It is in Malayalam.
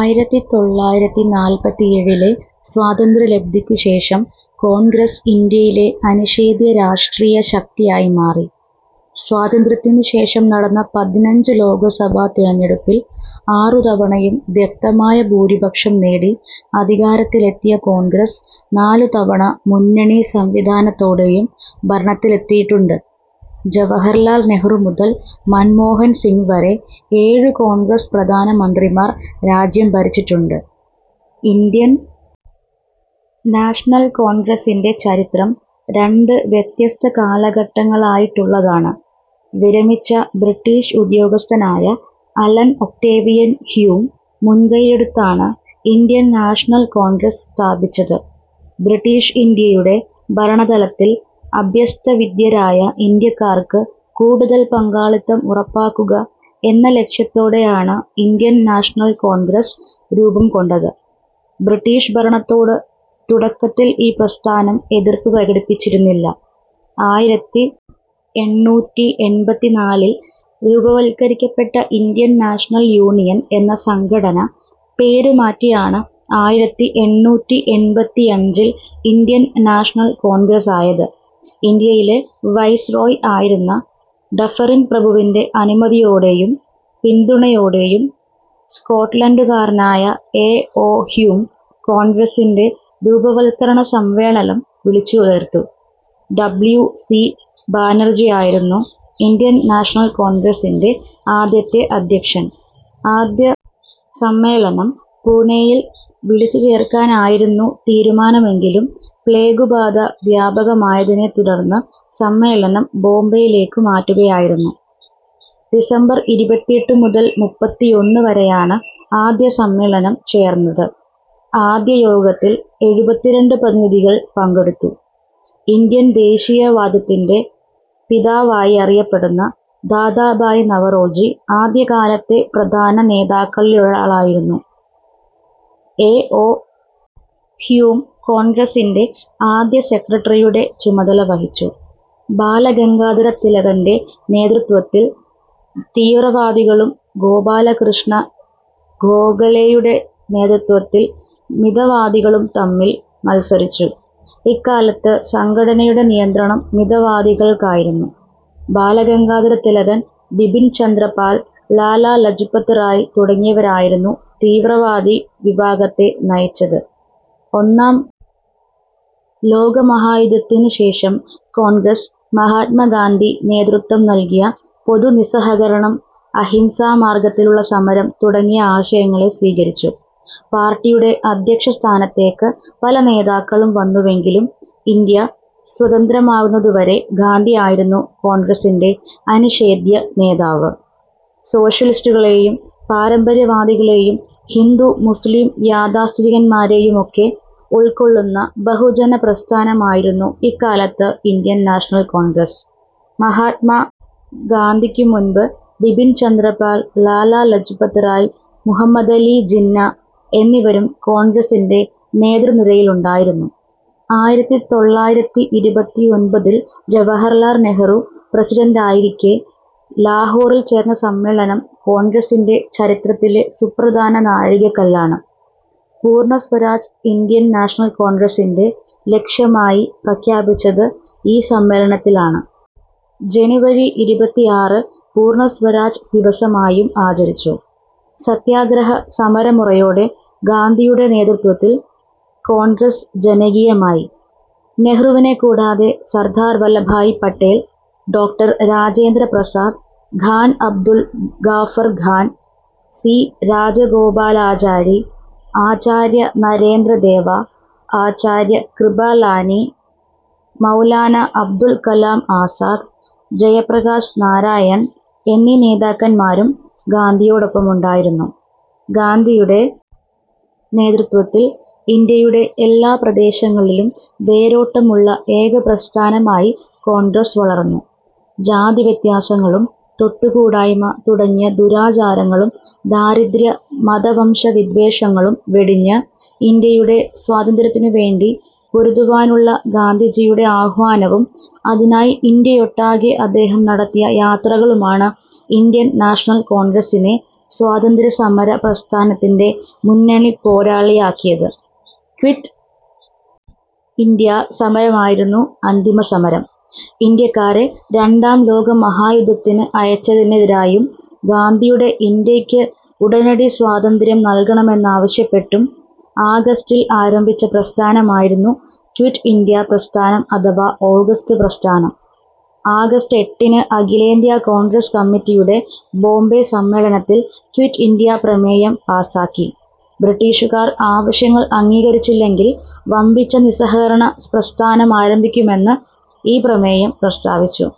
ആയിരത്തി തൊള്ളായിരത്തി നാല്പത്തിയേഴിലെ സ്വാതന്ത്ര്യലബ്ധിക്കു ശേഷം കോൺഗ്രസ് ഇന്ത്യയിലെ അനിഷേധ്യ രാഷ്ട്രീയ ശക്തിയായി മാറി. സ്വാതന്ത്ര്യത്തിനു ശേഷം നടന്ന പതിനഞ്ച് ലോകസഭാ തിരഞ്ഞെടുപ്പിൽ ആറു തവണയും വ്യക്തമായ ഭൂരിപക്ഷം നേടി അധികാരത്തിലെത്തിയ കോൺഗ്രസ് നാലു തവണ മുന്നണി സംവിധാനത്തോടെയും ഭരണത്തിലെത്തിയിട്ടുണ്ട്. ജവഹർലാൽ നെഹ്രു മുതൽ മൻമോഹൻ സിംഗ് വരെ ഏഴു കോൺഗ്രസ് പ്രധാനമന്ത്രിമാർ രാജ്യം ഭരിച്ചിട്ടുണ്ട്. ഇന്ത്യൻ നാഷണൽ കോൺഗ്രസ്സിൻ്റെ ചരിത്രം രണ്ട് വ്യത്യസ്ത കാലഘട്ടങ്ങളായിട്ടുള്ളതാണ്. വിരമിച്ച ബ്രിട്ടീഷ് ഉദ്യോഗസ്ഥനായ അലൻ ഒക്ടേവിയൻ ഹ്യൂം മുൻകൈയെടുത്താണ് ഇന്ത്യൻ നാഷണൽ കോൺഗ്രസ് സ്ഥാപിച്ചത്. ബ്രിട്ടീഷ് ഇന്ത്യയുടെ ഭരണതലത്തിൽ അഭ്യസ്തവിദ്യരായ ഇന്ത്യക്കാർക്ക് കൂടുതൽ പങ്കാളിത്തം ഉറപ്പാക്കുക എന്ന ലക്ഷ്യത്തോടെയാണ് ഇന്ത്യൻ നാഷണൽ കോൺഗ്രസ് രൂപംകൊണ്ടത്. ബ്രിട്ടീഷ് ഭരണത്തോട് തുടക്കത്തിൽ ഈ പ്രസ്ഥാനം എതിർപ്പ് പ്രകടിപ്പിച്ചിരുന്നില്ല. ആയിരത്തി എണ്ണൂറ്റി എൺപത്തിനാലിൽ രൂപവൽക്കരിക്കപ്പെട്ട ഇന്ത്യൻ നാഷണൽ യൂണിയൻ എന്ന സംഘടന പേരുമാറ്റിയാണ് ആയിരത്തി എണ്ണൂറ്റി എൺപത്തിയഞ്ചിൽ ഇന്ത്യൻ നാഷണൽ കോൺഗ്രസായത്. ഇന്ത്യയിലെ വൈസ്രോയ് ആയിരുന്ന ഡഫറിൻ പ്രഭുവിൻ്റെ അനുമതിയോടെയും പിന്തുണയോടെയും സ്കോട്ട്ലൻഡുകാരനായ ഏ. ഓ. ഹ്യൂം കോൺഗ്രസിൻ്റെ രൂപവത്കരണ സമ്മേളനം വിളിച്ചുചേർത്തു. ഡബ്ല്യു. സി. ബാനർജിയായിരുന്നു ഇന്ത്യൻ നാഷണൽ കോൺഗ്രസിൻ്റെ ആദ്യത്തെ അധ്യക്ഷൻ. ആദ്യ സമ്മേളനം പുണെയിൽ വിളിച്ചുചേർക്കാനായിരുന്നു തീരുമാനമെങ്കിലും പ്ലേഗുബാധ വ്യാപകമായതിനെത്തുടർന്ന് സമ്മേളനം ബോംബെയിലേക്ക് മാറ്റുകയായിരുന്നു. ഡിസംബർ ഇരുപത്തിയെട്ടു മുതൽ മുപ്പത്തിയൊന്ന് വരെയാണ് ആദ്യ സമ്മേളനം ചേർന്നത്. ആദ്യ യോഗത്തിൽ എഴുപത്തിരണ്ട് പ്രതിനിധികൾ പങ്കെടുത്തു. ഇന്ത്യൻ ദേശീയവാദത്തിൻ്റെ പിതാവായി അറിയപ്പെടുന്ന ദാദാഭായി നവറോജി ആദ്യകാലത്തെ പ്രധാന നേതാക്കളിലൊരാളായിരുന്നു. ഏ. ഓ. ഹ്യൂം കോൺഗ്രസിൻ്റെ ആദ്യ സെക്രട്ടറിയുടെ ചുമതല വഹിച്ചു. ബാല ഗംഗാധര തിലകൻ്റെ നേതൃത്വത്തിൽ തീവ്രവാദികളും ഗോപാലകൃഷ്ണ ഗോഖലെയുടെ നേതൃത്വത്തിൽ മിതവാദികളും തമ്മിൽ മത്സരിച്ചു. ഇക്കാലത്ത് സംഘടനയുടെ നിയന്ത്രണം മിതവാദികൾക്കായിരുന്നു. ബാല ഗംഗാധര തിലകൻ, ബിപിൻ ചന്ദ്ര പാൽ, ലാലാ ലജ്പത് റായ് തുടങ്ങിയവരായിരുന്നു തീവ്രവാദി വിഭാഗത്തെ നയിച്ചത്. ഒന്നാം ലോകമഹായുദ്ധത്തിനു ശേഷം കോൺഗ്രസ് മഹാത്മാ ഗാന്ധി നേതൃത്വം നൽകിയ പൊതു നിസ്സഹകരണം, അഹിംസാ മാർഗത്തിലുള്ള സമരം തുടങ്ങിയ ആശയങ്ങളെ സ്വീകരിച്ചു. പാർട്ടിയുടെ അധ്യക്ഷ സ്ഥാനത്തേക്ക് പല നേതാക്കളും വന്നുവെങ്കിലും ഇന്ത്യ സ്വതന്ത്രമാകുന്നതുവരെ ഗാന്ധിയായിരുന്നു കോൺഗ്രസിൻ്റെ അനിഷേധ്യ നേതാവ്. സോഷ്യലിസ്റ്റുകളെയും പാരമ്പര്യവാദികളെയും ഹിന്ദു മുസ്ലിം യാഥാസ്ഥിതികരെയുമൊക്കെ ഉൾക്കൊള്ളുന്ന ബഹുജന പ്രസ്ഥാനമായിരുന്നു ഇക്കാലത്ത് ഇന്ത്യൻ നാഷണൽ കോൺഗ്രസ്. മഹാത്മാ ഗാന്ധിക്കു മുൻപ് ബിപിൻ ചന്ദ്ര പാൽ, ലാലാ ലജ്പത് റായ്, മുഹമ്മദ് അലി ജിന്ന എന്നിവരും കോൺഗ്രസിൻ്റെ നേതൃനിരയിലുണ്ടായിരുന്നു. ആയിരത്തി തൊള്ളായിരത്തി ഇരുപത്തിയൊൻപതിൽ ജവഹർലാൽ നെഹ്രു പ്രസിഡന്റായിരിക്കെ ലാഹോറിൽ ചേർന്ന സമ്മേളനം കോൺഗ്രസിൻ്റെ ചരിത്രത്തിലെ സുപ്രധാന നാഴികക്കല്ലാണ്. പൂർണ്ണ സ്വരാജ് ഇന്ത്യൻ നാഷണൽ കോൺഗ്രസിൻ്റെ ലക്ഷ്യമായി പ്രഖ്യാപിച്ചത് ഈ സമ്മേളനത്തിലാണ്. ജനുവരി ഇരുപത്തിയാറ് പൂർണ്ണ സ്വരാജ് ദിവസമായും ആചരിച്ചു. സത്യാഗ്രഹ സമരമുറയോടെ ഗാന്ധിയുടെ നേതൃത്വത്തിൽ കോൺഗ്രസ് ജനകീയമായി. നെഹ്രുവിനെക്കൂടാതെ സർദാർ വല്ലഭായി പട്ടേൽ, ഡോക്ടർ രാജേന്ദ്ര പ്രസാദ്, ഖാൻ അബ്ദുൽ ഗാഫർ ഖാൻ, സി. രാജഗോപാലാചാരി, ആചാര്യ നരേന്ദ്രദേവ, ആചാര്യ കൃപലാനി, മൗലാനാ അബ്ദുൽ കലാം ആസാദ്, ജയപ്രകാശ് നാരായൺ എന്നീ നേതാക്കന്മാരും ഗാന്ധിയോടൊപ്പമുണ്ടായിരുന്നു. ഗാന്ധിയുടെ നേതൃത്വത്തിൽ ഇന്ത്യയുടെ എല്ലാ പ്രദേശങ്ങളിലും വേരോട്ടമുള്ള ഏക പ്രസ്ഥാനമായി കോൺഗ്രസ് വളർന്നു. ജാതിവ്യത്യാസങ്ങളും തൊട്ടുകൂടായ്മ തുടങ്ങിയ ദുരാചാരങ്ങളും ദാരിദ്ര്യവും മത വംശ വിദ്വേഷങ്ങളും വെടിഞ്ഞ് ഇന്ത്യയുടെ സ്വാതന്ത്ര്യത്തിനുവേണ്ടി പൊരുതുവാനുള്ള ഗാന്ധിജിയുടെ ആഹ്വാനവും അതിനായി ഇന്ത്യയൊട്ടാകെ അദ്ദേഹം നടത്തിയ യാത്രകളുമാണ് ഇന്ത്യൻ നാഷണൽ കോൺഗ്രസിനെ സ്വാതന്ത്ര്യസമര പ്രസ്ഥാനത്തിൻ്റെ മുന്നണിപ്പോരാളിയാക്കിയത്. Quit India സമരമായിരുന്നു അന്തിമസമരം. ഇന്ത്യക്കാരെ രണ്ടാം ലോകമഹായുദ്ധത്തിനു അയച്ചതിനെതിരായും ഗാന്ധിയുടെ ഇന്ത്യയ്ക്ക് ഉടനടി സ്വാതന്ത്ര്യം നൽകണമെന്നാവശ്യപ്പെട്ടും ആഗസ്റ്റിൽ ആരംഭിച്ച പ്രസ്ഥാനമായിരുന്നു ക്വിറ്റ് ഇന്ത്യാ പ്രസ്ഥാനം അഥവാ ഓഗസ്റ്റ് പ്രസ്ഥാനം. ആഗസ്റ്റ് എട്ടിന് അഖിലേന്ത്യാ കോൺഗ്രസ് കമ്മിറ്റിയുടെ ബോംബെ സമ്മേളനത്തിൽ ക്വിറ്റ് ഇന്ത്യാ പ്രമേയം പാസാക്കി. ബ്രിട്ടീഷുകാർ ആവശ്യങ്ങൾ അംഗീകരിച്ചില്ലെങ്കിൽ വമ്പിച്ച നിസ്സഹകരണ പ്രസ്ഥാനം ആരംഭിക്കുമെന്ന് ഈ പ്രമേയം പ്രസ്താവിച്ചു.